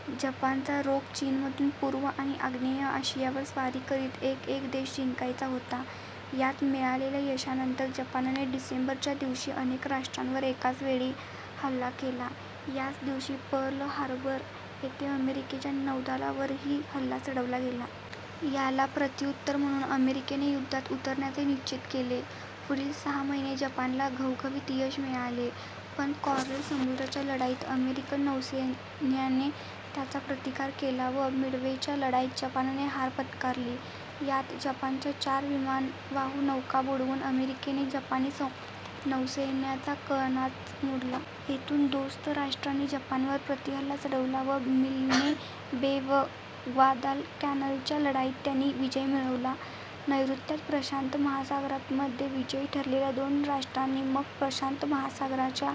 , जपानचा रोख चीनमधून पूर्व आणि आग्नेय आशियावर स्वारी करीत एकएक देश जिंकायचा होता. यात मिळालेल्या यशानंतर जपानने डिसेंबर, च्या दिवशी अनेक राष्ट्रांवर एकाच वेळी हल्ला केला. याच दिवशी पर्ल हार्बर येथे अमेरिकेच्या नौदलावरही हल्ला चढवला गेला. याला प्रत्युत्तर म्हणून अमेरिकेने युद्धात उतरण्याचे निश्चित केले. पुढील सहा महिने जपानला घवघवीत यश मिळाले पण कॉरल समुद्राच्या लढाईत अमेरिकन नौसैन्याने त्यांचा प्रतिकार केला व मिडवेच्या लढाईत जपानने हार पत्करली. यात जपानच्या चार विमानवाहू नौका बुडवून अमेरिकेने जपानी नौसैन्याचा कणाच मोडला. येथून दोस्त राष्ट्रांनी जपानवर प्रतिहल्ला चढवला व मिल्ने बे व ग्वादालकॅनालच्या लढाईत त्यांनी विजय मिळवला. नैर्ऋत्य प्रशांत महासागरातमध्ये विजयी ठरलेल्या दोस्त राष्ट्रांनी मग प्रशांत महासागराच्या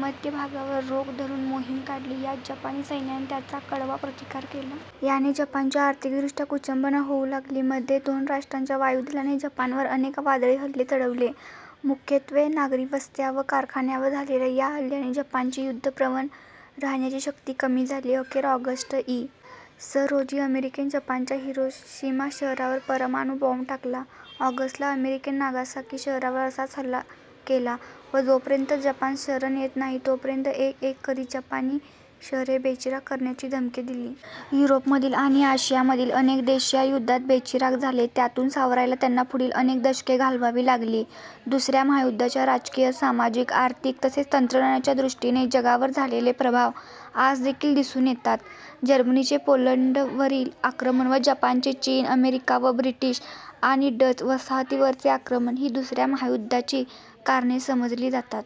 मध्य भागावर रोख धरून मोहीम काढली. यात जपानी सैन्याने त्यांचा कडवा प्रतिकार केला. याने जपानची आर्थिकदृष्ट्या कुचंबणा होऊ लागली. मध्ये दोस्त राष्ट्रांच्या वायुदलाने जपानवर अनेक वादळी हल्ले चढवले. मुख्यत्वे नागरी वस्त्या व कारखान्यांवर झालेल्या या हल्ल्यांनी जपानची युद्धप्रवण राहण्याची शक्ती कमी झाली. अखेर ऑगस्ट, इ. स. रोजी अमेरिकेने जपानच्या हिरोशिमा शहरावर परमाणु बॉम्ब टाकला. ऑगस्ट ला अमेरिकेने नागासाकी शहरावर असाच हल्ला केला व जोपर्यंत जपान शरण येत नाही तोपर्यंत एक एक करित जपानी शहरे बेचिराख करण्याची धमकी दिली. युरोपमधील आणि आशियामधील अनेक देश या युद्धात बेचिराख झाले. त्यातून सावरायला त्यांना पुढील अनेक दशके घालवावी लागली. दुसऱ्या महायुद्धाचे राजकीय, सामाजिक, आर्थिक तसेच तंत्रज्ञानाच्या दृष्टीने जगावर झालेले प्रभाव आजदेखील दिसून येतात. जर्मनीचे पोलंडवरील आक्रमण व जपानचे चीन, अमेरिका व ब्रिटिश आणि डच वसाहतींवरचे आक्रमण ही दुसऱ्या महायुद्धाची कारणे समजली जातात.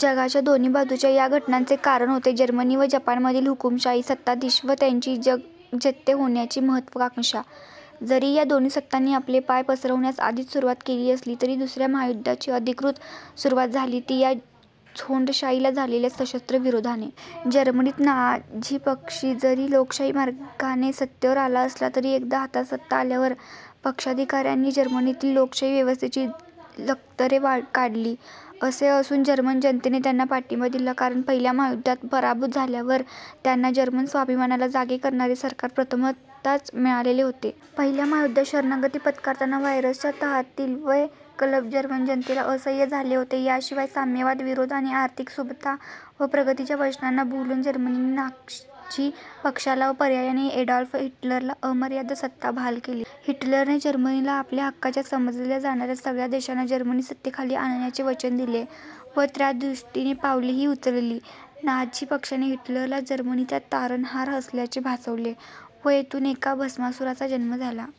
जगाच्या दोन्ही बाजूच्या या घटनांचे कारण होते जर्मनी व जपानमधील हुकूमशाही सत्ताधीश व त्यांची जगज्जेते होण्याची महत्त्वाकांक्षा. जरी या दोन्ही सत्तांनी आपले पाय पसरवण्यास आधीच सुरुवात केली असली तरी दुसऱ्या महायुद्धाची अधिकृत सुरुवात झाली ती या झोंडशाहीला झालेल्या सशस्त्र विरोधाने. जर्मनीत नाझी पक्ष जरी लोकशाही मार्गाने सत्तेवर आला असला तरी एकदा हातात सत्ता आल्यावर पक्षाधिकाऱ्यांनी जर्मनीतील लोकशाही व्यवस्थेची लक्तरे काढली. असे असून जर्मन जनतेने त्यांना पाठिंबा दिला कारण पहिल्या महायुद्धात पराभूत झाल्यावर त्यांना जर्मन स्वाभिमानाला जागे करणारे सरकार प्रथमतःच मिळालेले होते. पहिल्या महायुद्धात शरणागती पत्करताना व्हर्सायच्या तहातील वे कलम जर्मन जनतेला असह्य झाले होते. या शिवाय साम्यवाद-विरोध आणि आर्थिक सुबत्ता व प्रगतीच्या वचनांना भुलून जर्मनीने नाझी पक्षाला व पर्यायाने एडॉल्फ हिटलरला अमर्याद सत्ता बहाल केली. हिटलरने जर्मनीला आपल्या हक्काच्या समजल्या जाणाऱ्या सगळ्या देशांना जर्मन सत्तेखाली आणण्याचे वचन दिले व त्यादृष्टीने पावलेही उचलली. नाझी पक्षाने हिटलरला जर्मनीचा तारणहार असल्याचे भासवले, व येथून एका भस्मासुराचा जन्म झाला.